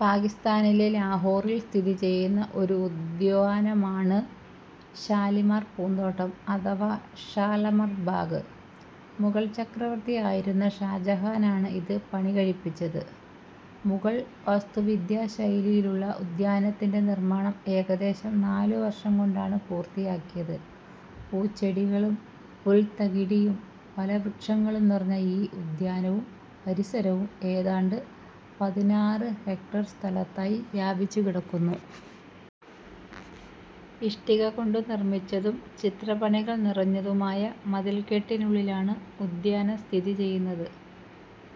പാകിസ്താനിലെ ലാഹോറിൽ സ്ഥിതിചെയ്യുന്ന ഒരു ഉദ്യാനമാണ് ഷാലിമാർ പൂന്തോട്ടം അഥവാ ഷാലമർ ബാഗ്. മുഗൾ ചക്രവർത്തിയായിരുന്ന ഷാജഹാനാണ് ഇത് പണികഴിപ്പിച്ചത്. മുഗൾ വാസ്തുവിദ്യാ ശൈലിയിലുള്ള ഉദ്യാനത്തിന്റെ നിർമ്മാണം ഏകദേശം നാലു വർഷം കൊണ്ടാണ് പൂർത്തിയായത്. പൂച്ചെടികളും പുൽത്തകിടിയും ഫലവൃക്ഷങ്ങളും നിറഞ്ഞ ഈ ഉദ്യാനവും പരിസരവും ഏതാണ്ട് പതിനാറ് ഹെക്ടേർ സ്ഥലത്തായി വ്യാപിച്ചുകിടക്കുന്നു. ഇഷ്ടിക കൊണ്ടു നിർമ്മിച്ചതും ചിത്രപ്പണികൾ നിറഞ്ഞതുമായ മതിൽക്കെട്ടിനുള്ളിലാണ് ഉദ്യാനം സ്ഥിതിചെയ്യുന്നത്.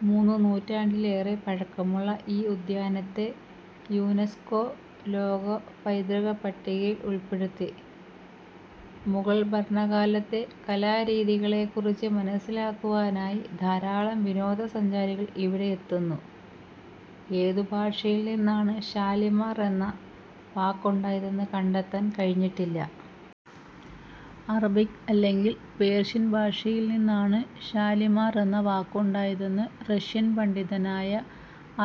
മൂന്ന് നൂറ്റാണ്ടിലേറെ പഴക്കമുള്ള ഈ ഉദ്യാനത്തെ യുനെസ്കോ ലോകപൈതൃക പട്ടികയിൽ ഉൾപ്പെടുത്തി. മുഗൾ ഭരണകാലത്തെ കലാരീതികളെക്കുറിച്ച് മനസ്സിലാക്കുവാനായി ധാരാളം വിനോദസഞ്ചാരികൾ ഇവിടെയെത്തുന്നു. ഏതു ഭാഷയിൽ നിന്നാണ് ' ഷാലിമാർ ' എന്ന വാക്കുണ്ടായതെന്ന് കണ്ടെത്താൻ കഴിഞ്ഞിട്ടില്ല. അറബിക് അല്ലെങ്കിൽ പേർഷ്യൻ ഭാഷയിൽ നിന്നാണ് ' ഷാലിമാർ ' എന്ന വാക്കുണ്ടായതെന്ന് റഷ്യൻ പണ്ഡിതനായ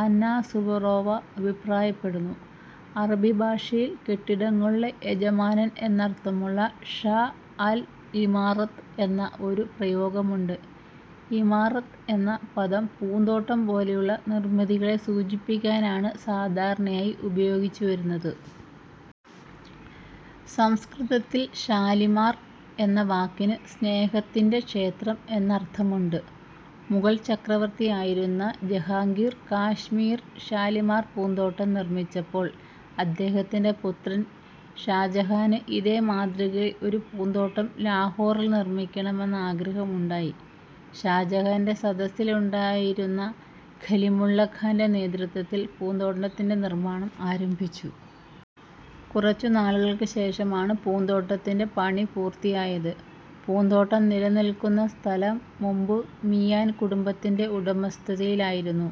അന്ന സുവറോവ അഭിപ്രായപ്പെടുന്നു. അറബി ഭാഷയിൽ ' കെട്ടിടങ്ങളുടെ യജമാനൻ ' എന്നർത്ഥമുള്ള ' ഷാ അൽ-ഇമാറത്ത് ' എന്ന ഒരു പ്രയോഗമുണ്ട്. ' ഇമാറത്ത് ' എന്ന പദം പൂന്തോട്ടം പോലെയുള്ള നിർമ്മിതികളെ സൂചിപ്പിക്കാനാണ് സാധാരണയായി ഉപയോഗിച്ചു വരുന്നത്. സംസ്കൃതത്തിൽ ' ഷാലിമാർ ' എന്ന വാക്കിന് ' സ്നേഹത്തിന്റെ ക്ഷേത്രം ' എന്നർത്ഥമുണ്ട്. മുഗൾ ചക്രവർത്തിയായിരുന്ന ജഹാംഗീർ കാശ്മീരിൽ ഷാലിമാർ പൂന്തോട്ടം നിർമ്മിച്ചപ്പോൾ അദ്ദഹത്തിന്റെ പുത്രൻ ഷാജഹാന് ഇതേ മാതൃകയിൽ ഒരു പൂന്തോട്ടം ലാഹോറിൽ നിർമ്മിക്കണമെന്ന ആഗ്രഹമുണ്ടായി. ഷാജഹാന്റെ സദസ്സിലുണ്ടായിരുന്ന ഖലിമുള്ള ഖാന്റെ നേതൃത്വത്തിൽ പൂന്തോട്ടത്തിന്റെ നിർമ്മാണം ആരംഭിച്ചു. കുറച്ചു നാളുകൾക്ക് ശേഷമാണ് പൂന്തോട്ടത്തിന്റെ പണി പൂർത്തിയായത്. പൂന്തോട്ടം നിലനിൽക്കുന്ന സ്ഥലം മുമ്പ് മിയാൻ കുടുംബത്തിന്റെ ഉടമസ്ഥതയിലായിരുന്നു.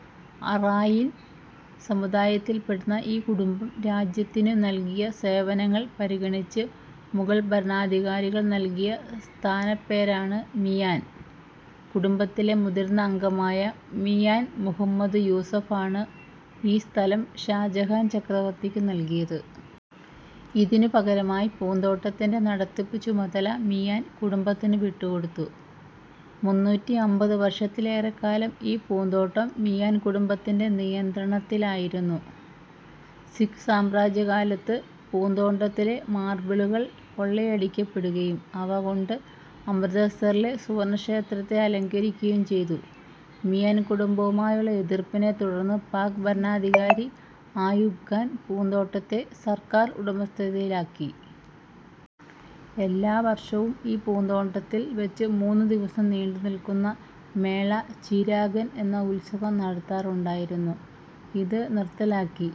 ' അറായിൻ ' സമുദായത്തിൽപ്പെടുന്ന ഈ കുടുംബം രാജ്യത്തിനു നൽകിയ സേവനങ്ങൾ പരിഗണിച്ച് മുഗൾ ഭരണാധികാരികൾ നൽകിയ സ്ഥാനപ്പേരാണ് ' മിയാൻ '. കുടുംബത്തിലെ മുതിർന്ന അംഗമായ മിയാൻ മുഹമ്മദ് യൂസഫാണ് ഈ സ്ഥലം ഷാജഹാൻ ചക്രവർത്തിക്കു നൽകിയത്. ഇതിനു പകരമായി പൂന്തോട്ടത്തിന്റെ നടത്തിപ്പുചുമതല മിയാൻ കുടുംബത്തിനു വിട്ടുകൊടുത്തു. മുന്നൂറ്റിഅമ്പത് വർഷത്തിലേറെക്കാലം ഈ പൂന്തോട്ടം മിയാൻ കുടുംബത്തിന്റെ നിയന്ത്രണത്തിലായിരുന്നു. സിഖ് സാമ്രാജ്യകാലത്ത് പൂന്തോട്ടത്തിലെ മാർബിളുകൾ കൊള്ളയടിക്കപ്പെടുകയും അവകൊണ്ട് അമൃത്സറിലെ സുവർണ്ണക്ഷേത്രത്തെ അലങ്കരിക്കുകയും ചെയ്തു. മിയാൻ കുടുംബവുമായുള്ള എതിർപ്പിനെ തുടർന്ന് പാക് ഭരണാധികാരി അയൂബ് ഖാൻ പൂന്തോട്ടത്തെ സർക്കാർ ഉടമസ്ഥതയിലാക്കി. എല്ലാവർഷവും ഈ പൂന്തോട്ടത്തിൽ വച്ച് മൂന്നു ദിവസം നീണ്ടുനിൽക്കുന്ന ' മേള ചിരാഗൻ ' എന്ന ഉത്സവം നടത്താറുണ്ടായിരുന്നു. ഇത് നിർത്തലാക്കി.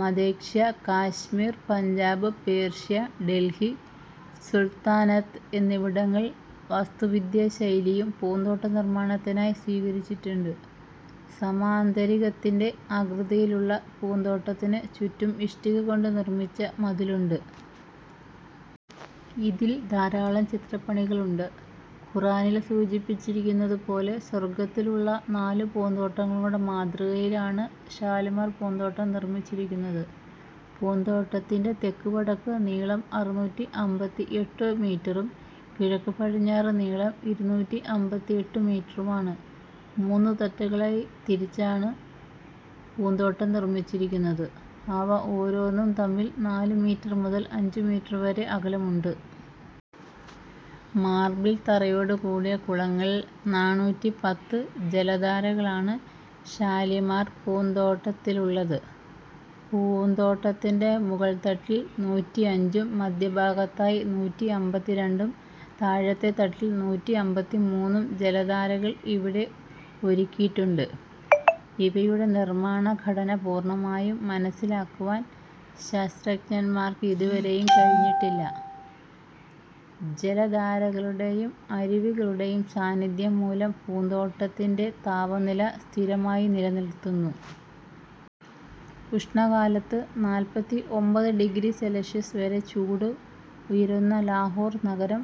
മധ്യേഷ്യ, കശ്മീർ, പഞ്ചാബ്, പേർഷ്യ, ഡൽഹി സുൽത്താനത്ത് എന്നിവടങ്ങളിലെ വാസ്തുവിദ്യാശൈലിയും പൂന്തോട്ട നിർമ്മാണത്തിനായി സ്വീകരിച്ചിട്ടുണ്ട്. സാമാന്തരികത്തിന്റെ ആകൃതിയിലുള്ള പൂന്തോട്ടത്തിനു ചുറ്റും ഇഷ്ടിക കൊണ്ട് നിർമ്മിച്ച മതിലുണ്ട്. ഇതിൽ ധാരാളം ചിത്രപ്പണികളുണ്ട്. ഖുറാനിൽ സൂചിപ്പിച്ചിരിക്കുന്നതു പോലെ സ്വർഗ്ഗത്തിലുള്ള നാലു പൂന്താട്ടങ്ങളുടെ മാതൃകയിലാണ് ഷാലിമാർ പൂന്തോട്ടം നിർമ്മിച്ചിരിക്കുന്നത്. പൂന്തോട്ടത്തിന്റെ തെക്ക് വടക്ക് നീളം അറുനൂറ്റിഅമ്പത്തിഎട്ടു മീറ്ററും കിഴക്ക് പടിഞ്ഞാറ് നീളം ഇരുനൂറ്റിഅമ്പത്തിഎട്ടു മീറ്ററുമാണ്. മൂന്നു തട്ടുകളായി തിരിച്ചാണ് പൂന്തോട്ടം നിർമ്മിച്ചിരിക്കുന്നത്. അവ ഓരോന്നും തമ്മിൽ നാല് മീറ്റർ മുതൽ അഞ്ചു മീറ്റർ വരെ അകലമുണ്ട്. മാർബിൾ തറയോടു കൂടിയ കുളങ്ങളിൽ നാണൂറ്റിപ്പത്തു ജലധാരകളാണ് ഷാലിമാർ പൂന്തോട്ടത്തിലുള്ളത്. പൂന്തോട്ടത്തിന്റെ മുകൾത്തട്ടിൽ നൂറ്റിഅഞ്ചും മധ്യഭാഗത്തായി നൂറ്റിഅമ്പത്തിരണ്ടും താഴത്തെ തട്ടിൽ നൂറ്റിഅമ്പത്തിമൂന്നും ജലധാരകൾ ഇവിടെ ഒരുക്കിയിട്ടുണ്ട്. ഇവയുടെ നിർമ്മാണ ഘടന പൂർണ്ണമായും മനസ്സിലാക്കുവാൻ ശാസ്ത്രജ്ഞർക്ക് ഇതുവരെയും കഴിഞ്ഞിട്ടില്ല. ജലധാരകളുടെയും അരുവികളുടെയും സാന്നിദ്ധ്യം മൂലം പൂന്തോട്ടത്തിന്റെ താപനില സ്ഥിരമായി നിലനിർത്തുന്നു. ഉഷ്ണകാലത്ത് നാല്പത്തിയൊമ്പത് ഡിഗ്രി സെൽഷ്യസ് വരെ ചൂട് ഉയരുന്ന ലാഹോർ നഗരം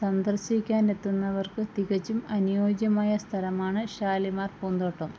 സന്ദർശിക്കാനെത്തുന്നവർക്ക് തികച്ചും അനുയോജ്യമായ സ്ഥലമാണ് ഷാലിമാർ പൂന്തോട്ടം.